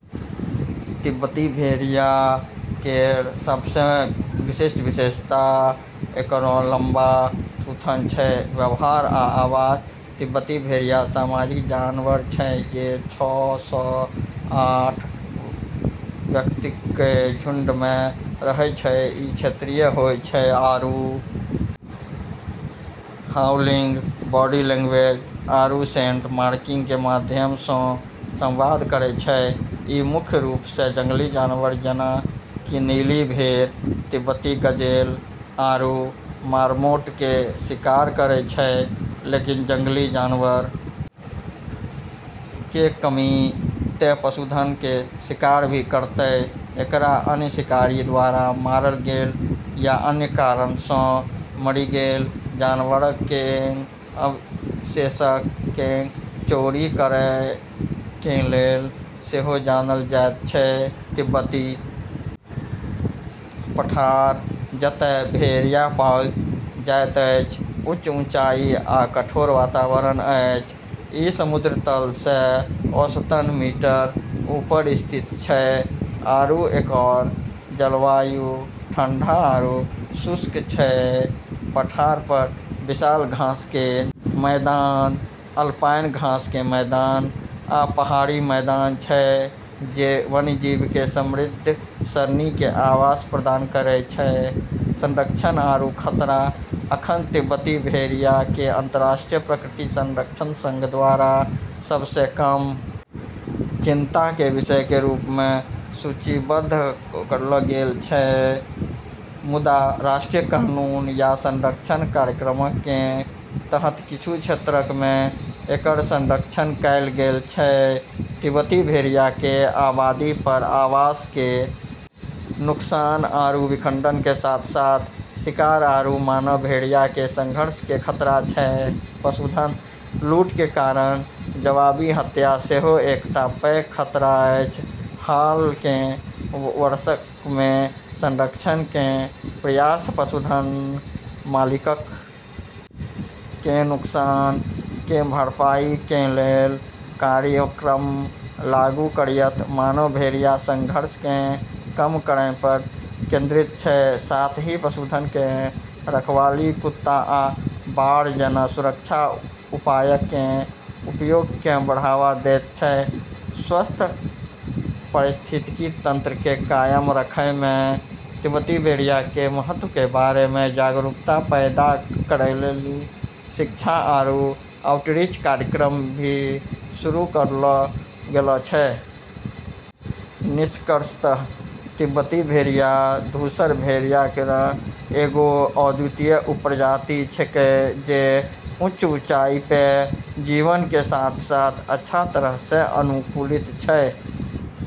तिब्बती भेड़िया केरऽ सबसें विशिष्ट विशेषता एकरऽ लम्बा थूथन छै। व्यवहार आ आवास तिब्बती भेड़िया सामाजिक जानवर छै जे छ स आठ व्यक्तिक कें झुंड मे रहय छै, ई क्षेत्रीय होय छै आरू हाउलिंग, बॉडी लैंग्वेज आरू सेंट मार्किंग के माध्यम स॑ संवाद करै छै, ई मुख्य रूप से जंगली जानवर जेना कि नीली भेड़, तिब्बती गजेल आरू मार्मोट के शिकार करै छै लेकिन जंगली शिकार के कमी ते पशुधन के शिकार भी करतै, एकरा अन्य शिकारी द्वारा मारल गेल या अन्य कारण सं मरि गेल जानवरक कें अवशेषक कें चोरी करय कें लेल सेहो जानल जायत छै, तिब्बती पठार जतय भेड़िया पाओल जाइत अछि, उच्च ऊँचाई आ कठोर वातावरण अछि, ई समुद्र तल से औसतन मीटर ऊपर स्थित छै, आरू एकरऽ जलवायु ठंडा आरू शुष्क छै, पठार पर विशाल घास के मैदान, अल्पाइन घास के मैदान, आ पहाड़ी मैदान छै जे वन्यजीव के समृद्ध सरणी के आवास प्रदान करै छै, संरक्षण आरू खतरा अखन तिब्बती भेड़िया के अंतरराष्ट्रीय प्रकृति संरक्षण संघ द्वारा सबसें कम चिंता के विषय के रूप मे सूचीबद्ध करलऽ गेलऽ छै मुदा राष्ट्रीय कानून या संरक्षण कार्यक्रमक कें तहत किच्छू क्षेत्रक मे एकर संरक्षण कैल गेल छै, तिब्बती भेड़िया के आबादी पर आवास के नुकसान आरू विखंडन के साथ-साथ शिकार आरू मानव-भेड़िया के संघर्ष के खतरा छै, पशुधन लूट के कारण जवाबी हत्या सेहो एकटा पैघ खतरा अछि, हाल कें वर्षक मे संरक्षण कें प्रयास पशुधन मालिकक कें नुकसान कें भरपाई कें लेल कार्यक्रम लागू करयत मानव-भेड़िया संघर्ष कें कम करय पर केंद्रित छै, साथ ही पशुधन कें रखवाली कुत्ता आ बाड़ जैना सुरक्षा उपायक कें उपयोग कें बढ़ावा देयत छै, स्वस्थ पारिस्थितिकी तंत्र के कायम रखै मे तिब्बती भेड़िया के महत्व के बारे मे जागरूकता पैदा करै लेली शिक्षा आरू आउटरीच कार्यक्रम भी शुरू करलऽ गेलऽ छै। निष्कर्षतः तिब्बती भेड़िया धूसर भेड़िया केरऽ एगो अद्वितीय उपप्रजाति छेकै जे उच्च ऊँचाई पे जीवन के साथ अच्छा तरह से अनुकूलित छै।